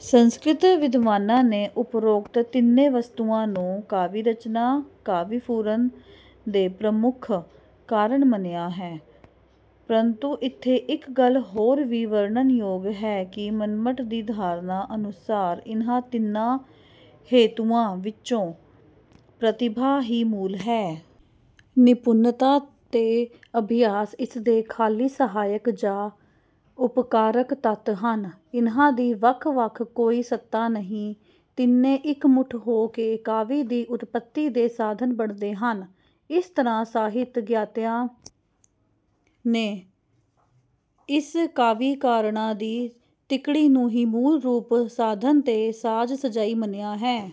ਸੰਸਕ੍ਰਿਤ ਵਿਦਵਾਨਾਂ ਨੇ ਉਪਰੋਕਤ ਤਿੰਨੇ ਵਸਤੂਆਂ ਨੂੰ ਕਾਵਿ ਰਚਨਾ, ਕਾਵਿ ਫੁਰਨ ਦੇ ਪ੍ਰਮੁੱਖ ਕਾਰਨ ਮੰਨਿਆ ਹੈ। ਪ੍ਰੰਤੂ ਇਥੇ ਇੱਕ ਗੱਲ ਹੋਰ ਵੀ ਵਰਣਨਯੋਗ ਹੈ ਕਿ ਮੰਮਟ ਦੀ ਧਾਰਨਾ ਅਨੁਸਾਰ ਇਹਨਾਂ ਤਿੰਨਾਂ ਹੇਤੂਆਂ ਵਿੱਚੋਂ ਪ੍ਰਤਿਭਾ ਹੀ ਮੂਲ ਹੈ। ਨਿਪੁੰਨਤਾ ਤੇ ਅਭਿਆਸ ਇਸਦੇ ਖਾਲੀ ਸਹਾਇਕ ਜਾਂ ਉਪਕਾਰਕ ਤੱਤ ਹਨ। ਇਹਨਾਂ ਦੀ ਵੱਖ-ਵੱਖ ਕੋਈ ਸੱਤਾ ਨਹੀਂ ਤਿੰਨੇ ਇੱਕ ਮੁੱਠ ਹੋ ਕੇ ਕਾਵਿ ਦੀ ਉਤਪਤੀ ਦੇ ਸਾਧਨ ਬਣਦੇ ਹਨ। ਇਸ ਤਰ੍ਹਾਂ ਸਾਹਿਤ ਗਿਆਤਿਆਂ ਨੇ ਇਸ ਕਾਵਿ ਕਾਰਣਾਂ ਦੀ ਤਿੱਕੜੀ ਨੂੰ ਹੀ ਮੂਲ ਰੂਪ ਸਾਧਨ ਤੇ ਸਾਜਸਜਾਈ ਮੰਨਿਆ ਹੈ।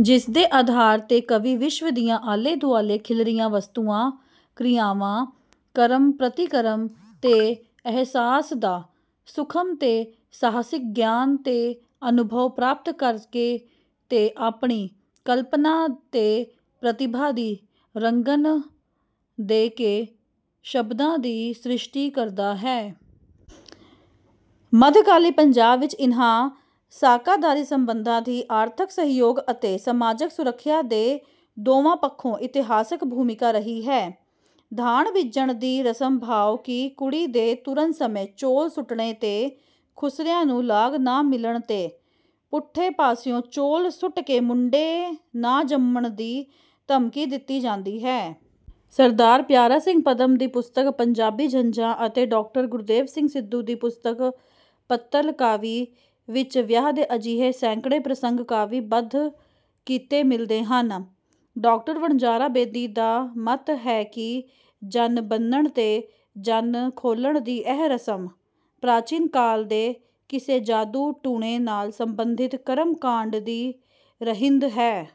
ਜਿਸ ਦੇ ਆਧਾਰ ਤੇ ਕਵੀ ਵਿਸ਼ਵ ਦੀਆਂ ਆਲੇ-ਦੁਆਲੇ ਖਿਲਰੀਆਂ ਵਸਤੂਆਂ, ਕ੍ਰਿਆਵਾਂ, ਕਰਮ-ਪ੍ਰਤੀਕਰਮ ਤੇ ਅਹਿਸਾਸ ਦਾ ਸੂਖਮ ਤੇ ਸਾਹਸਿਕ ਗਿਆਨ ਤੇ ਅਨੁਭਵ ਪ੍ਰਾਪਤ ਕਰਕੇ ਤੇ ਆਪਣੀ ਕਲਪਨਾ ਤੇ ਪ੍ਰਤਿਭਾ ਦੀ ਰੰਗਨ ਦੇ ਕੇ ਸ਼ਬਦਾਂ ਦੀ ਸ੍ਰਿਸ਼ਟੀ ਕਰਦਾ ਹੈ। ਮਧਕਾਲੀ ਪੰਜਾਬ ਵਿਚ ਇਹਨਾਂ ਸਾਕਾਦਾਰੀ ਸਬੰਧਾਂ ਦੀ ਆਰਥਕ ਸਹਿਯੋਗ ਅਤੇ ਸਮਾਜਕ ਸੁਰੱਖਿਆ ਦੇ ਦੋਵਾਂ ਪੱਖੋਂ ਇਤਿਹਾਸਕ ਭੂਮਿਕਾ ਰਹੀ ਹੈ। ਧਾਨ ਬੀਜਣ ਦੀ ਰਸਮ ਭਾਵ ਕੀ ਕੁੜੀ ਦੇ ਤੁਰਨ ਸਮੇਂ ਚੌਲ ਸੁਟਣੇ ਤੇ ਖੁਸਰਿਆਂ ਨੂੰ ਲਾਗ ਨਾ ਮਿਲਣ ਤੇ ਪੁੱਠੇ ਪਾਸਿਉ ਚੌਲ ਸੁੱਟ ਕੇ ਮੁੰਡੇ ਨਾ ਜੰਮਣ ਦੀ ਧਮਕੀ ਦਿੱਤੀ ਜਾਂਦੀ ਹੈ। ਸ: ਪਿਆਰਾ ਸਿੰਘ ਪਦਮ ਦੀ ਪੁਸਤਕ 'ਪੰਜਾਬੀ ਜੰਞਾਂ' ਅਤੇ ਡਾ: ਗੁਰਦੇਵ ਸਿੰਘ ਸਿੱਧੂ ਦੀ ਪੁਸਤਕ 'ਪੱਤਲ ਕਾਵਿ' ਵਿਚ ਵਿਆਹ ਦੇ ਅਜਿਹੇ ਸੈਂਕੜੇ ਪ੍ਰਸੰਗ ਕਾਵਿ-ਬੱਧ ਕੀਤੇ ਮਿਲਦੇ ਹਨ। ਡਾ. ਵਣਜਾਰਾ ਬੇਦੀ ਦਾ ਮੱਤ ਹੈ ਕਿ ਜੰਨ ਬੰਨਣ ਤੇ ਜੰਨ ਖੋਲਣ ਦੀ ਇਹ ਰਸਮ ਪ੍ਰਚੀਨ ਕਾਲ ਦੇ ਕਿਸੇ ਜਾਦੂ ਟੂਣੇ ਨਾਲ ਸੰਬੰਧਿਤ ਕਰਮ ਕਾਂਡ ਦੀ ਰਹਿੰਦ ਹੈ।